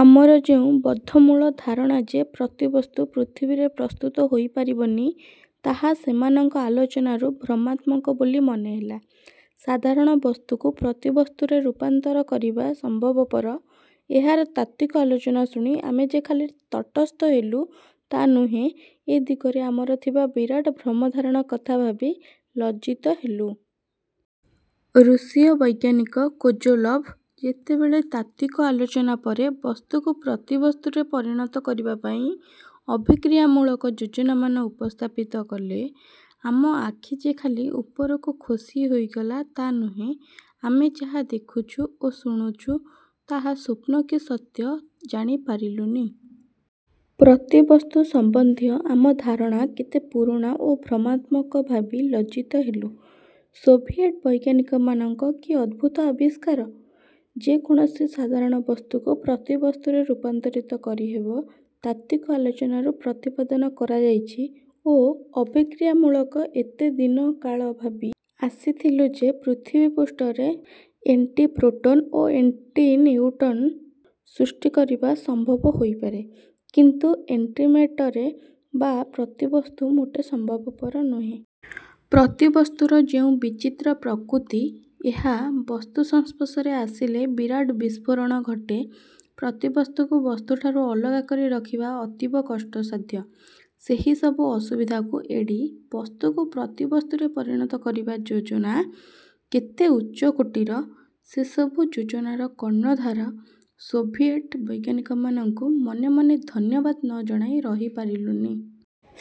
ଆମର ଯେଉଁ ବଦ୍ଧମୂଳ ଧାରଣା ଯେ ପ୍ରତିବସ୍ତୁ ପୃଥିବୀରେ ପ୍ରସ୍ତୁତ ହୋଇପାରିବନି, ତାହା ସେମାନଙ୍କ ଆଲୋଚନାରୁ ଭ୍ରମାତ୍ମକ ବୋଲି ମନେହେଲା। ସାଧାରଣ ବସ୍ତୁକୁ ପ୍ରତିବସ୍ତୁରେ ରୂପାନ୍ତର କରିବା ସମ୍ଭବପର, ଏହାର ତାତ୍ତ୍ୱିକ ଆଲୋଚନା ଶୁଣି ଆମେ ଯେ ଖାଲି ତଟସ୍ଥ ହେଲୁଁ ତା ନୁହେଁ ଏ ଦିଗରେ ଆମର ଥିବା ବିରାଟ ଭ୍ରମଧାରଣା କଥା ଭାବି ଲଜ୍ଜିତ ହେଲୁଁ। ରୁଷୀୟ ବୈଜ୍ଞାନିକ କୋଜୋଲଭ୍ ଯେତେବେଳେ ତାତ୍ତ୍ୱିକ ଆଲୋଚନା ପରେ ବସ୍ତୁକୁ ପ୍ରତିବସ୍ତୁରେ ପରିଣତ କରିବା ପାଇଁ ଅଭିକ୍ରିୟାମୂଳକ ଯୋଜନାମାନ ଉପସ୍ଥାପିତ କଲେ, ଆମ ଆଖି ଯେ ଖାଲି ଉପରକୁ ଖୋସି ହୋଇଗଲା ତା ନୁହେଁ, ଆମେ ଯାହା ଦେଖୁଛୁ ଓ ଶୁଣୁଛୁ ତାହା ସ୍ୱପ୍ନ କି ସତ୍ୟ ଜାଣି ପାରିଲୁନି। ପ୍ରତିବସ୍ତୁସମ୍ବନ୍ଧୀୟ ଆମ ଧାରଣା କେତେ ପୁରୁଣା ଓ ଭ୍ରମାତ୍ମକ ଭାବି ଲଜ୍ଜିତ ହେଲୁଁ। ସୋଭିୟେଟ୍ ବୈଜ୍ଞାନିକମାନଙ୍କ କି ଅଦ୍ଭୁତ ଆବିଷ୍କାର! ଯେ କୌଣସି ସାଧାରଣ ବସ୍ତୁକୁ ପ୍ରତିବସ୍ତୁରେ ରୂପାନ୍ତରିତ କରିହେବ, ତାତ୍ତ୍ୱିକ ଆଲୋଚନାରୁ ପ୍ରତିପାଦନ କରାଯାଇଛି ଓ ଅଭିକ୍ରିୟାମୂଳକ ଏତେ ଦିନ କାଳ ଭାବି ଆସୁଥିଲୁଁ ଯେ ପୃଥିବୀପୃଷ୍ଠରେ ଏଣ୍ଟିପ୍ରୋଟନ ଓ ଏଣ୍ଟିନିଉଟ୍ରନ ସୃଷ୍ଟି କରିବା ସମ୍ଭବ ହୋଇପାରେ; କିନ୍ତୁ ଏଣ୍ଟିମେଟରେ ବା ପ୍ରତିବସ୍ତୁ ମୋଟେ ସମ୍ଭବପର ନୁହେଁ। ପ୍ରତିବସ୍ତୁର ଯେଉଁ ବିଚିତ୍ର ପ୍ରକୃତି, ଏହା ବସ୍ତୁସଂସ୍ପର୍ଶରେ ଆସିଲେ ବିରାଟ ବିସ୍ଫୋରଣ ଘଟେ, ପ୍ରତିବସ୍ତୁକୁ ବସ୍ତୁଠାରୁ ଅଲଗା କରି ରଖିବା ଅତୀବ କଷ୍ଟସାଧ୍ୟ; ସେହି ସବୁ ଅସୁବିଧାକୁ ଏଡ଼ି ବସ୍ତୁକୁ ପ୍ରତିବସ୍ତୁରେ ପରିଣତ କରିବା ଯୋଜନା କେତେ ଉଚ୍ଚକୋଟିର, ସେସବୁ ଯୋଜନାର କର୍ଣ୍ଣଧାର ସୋଭିୟେଟ୍ ବୈଜ୍ଞାନିକମାନଙ୍କୁ ମନେ ମନେ ଧନ୍ୟବାଦ ନ ଜଣାଇ ରହି ପାରୁଲୁନି।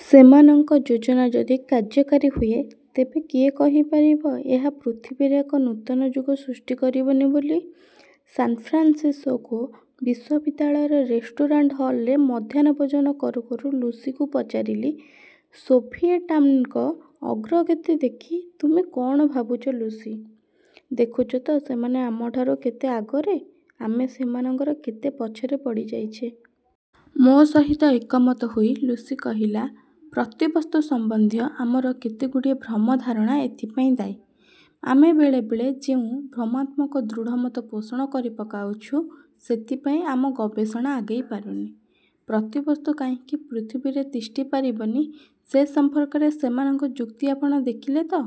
ସେମାନଙ୍କ ଯୋଜନା ଯଦି କାର୍ଯ୍ୟକାରୀ ହୁଏ, ତେବେ କିଏ କହିପାରିବ ଏହା ପୃଥିବୀରେ ଏକ ନୂତନ ଯୁଗ ସୃଷ୍ଟି କରିବନି ବୋଲି। ସାନ୍ଫ୍ରାନ୍ସିସକୋ ବିଶ୍ୱବିଦ୍ୟାଳୟର ରେଷ୍ଟୁରାଣ୍ଟ ହଲରେ ମଧ୍ୟାହ୍ନଭୋଜନ କରୁ କରୁ ଲୁସିକୁ ପଚାରିଲି, “ସୋଭିୟେଟ୍ମାନଙ୍କ ଅଗ୍ରଗତି ଦେଖି ତୁମେ କଣ ଭାବୁଛ, ଲୁସି? ଦେଖୁଛ ତ ସେମାନେ ଆମଠାରୁ କେତେ ଆଗରେ, ଆମେ ସେମାନଙ୍କର କେତେ ପଛରେ ପଡ଼ି ଯାଇଛେଁ। ମୋ ସହିତ ଏକମତ ହୋଇ ଲୁସି କହିଲା, ପ୍ରତିବସ୍ତୁ ସମ୍ବନ୍ଧୀୟ ଆମର କେତେ ଗୁଡ଼ିଏ ଭ୍ରମଧାରଣା ଏଥିପାଇଁ ଦାୟୀ। ଆମେ ବେଳେ ବେଳେ ଯେଉଁ ଭ୍ରମାତ୍ମକ ଦୃଢ଼ମତ ପୋଷଣ କରି ପକାଉଛୁ, ସେଥିପାଇଁ ଆମ ଗବେଷଣା ଆଗେଇ ପାରୁନି। ପ୍ରତିବସ୍ତୁ କାହିଁକି ପୃଥିବୀରେ ତିଷ୍ଠିପାରିବନି, ସେ ସଂପର୍କରେ ସେମାନଙ୍କ ଯୁକ୍ତି ଆପଣ ଦେଖିଲେ ତ?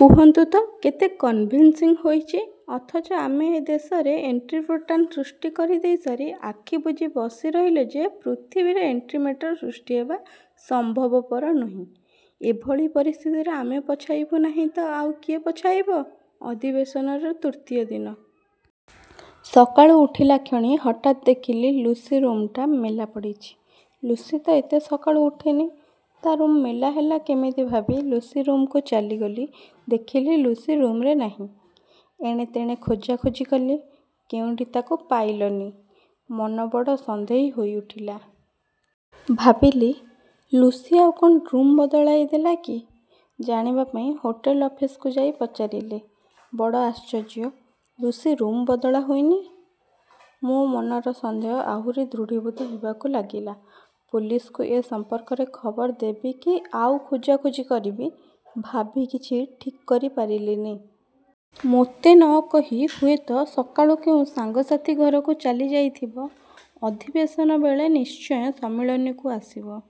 କୁହନ୍ତୁ ତ କେତେ କନ୍ଭିନ୍ସିଙ୍ଗ ହୋଇଛି। ଅଥଚ ଆମେ ଏ ଦେଶରେ ଏଣ୍ଟିପ୍ରୋଟାନ୍ ସୃଷ୍ଟି କରିଦେଇ ସାରି ଆଖିବୁଜି ବସିରହିଲେ ଯେ ପୃଥିବୀରେ ଏଣ୍ଟିମେଟର ସୃଷ୍ଟିହେବା ସମ୍ଭବପର ନୁହେଁ। ଏଭଳି ପରିସ୍ଥିତିରେ ଆମେ ପଛାଇବୁ ନାହିଁ ତ ଆଉ କିଏ ପଛାଇବ? ଅଧିବେଶନର ତୃତୀୟ ଦିନ। ସକାଳୁ ଉଠିଲାକ୍ଷଣି ହଠାତ୍ ଦେଖିଲି ଲୁସି ରୁମ୍ଟା ମେଲା ପଡ଼ିଛି। ଲୁସି ତ ଏତେ ସକାଳୁ ଉଠେନି, ତା'ରୁମ୍ ମେଲାହେଲା କେମିତି ଭାବି ଲୁସି ରୁମ୍କୁ ଚାଲିଗଲି, ଦେଖିଲି ଲୁସି ରୁମରେ ନାହିଁ। ଏଣେତେଣେ ଖୋଜା ଖୋଜି କଲେ। କେଉଁଠି ତାକୁ ପାଇଲନି। ମନ ବଡ଼ ସନ୍ଦେହୀ ହୋଇ ଉଠିଲା। ଭାବିଲି, ଲୁସି ଆଉ କ'ଣ ରୁମ୍ ବଦଳାଇ ଦେଲା କି? ଜାଣିବା ପାଇଁ ହୋଟେଲ ଅଫିସକୁ ଯାଇ ପଚାରିଲି। ବଡ଼ ଆଶ୍ଚର୍ଯ୍ୟ, ଲୁସି ରୁମ୍ ବଦଳା ହୋଇନି। ମୋ ମନର ସନ୍ଦେହ ଆହୁରି ଦୃଢ଼ୀଭୂତ ହେବାକୁ ଲାଗିଲା। ପୋଲିସକୁ ଏ ସମ୍ପର୍କରେ ଖବର ଦେବି କି ଆଉ ଖୋଜା ଖୋଜି କରିବି, ଭାବି କିଛି ଠିକ୍ କରି ପାରିଲିନି। ମୋତେ ନ କହି ହୁଏତ ସକାଳୁ କେଉଁ ସାଙ୍ଗସାଥି ଘରକୁ ଚାଲିଯାଇଥିବ, ଅଧିବେଶନ ବେଳେନିଶ୍ଚୟ ସମ୍ମିଳନୀକୁ ଆସିବ,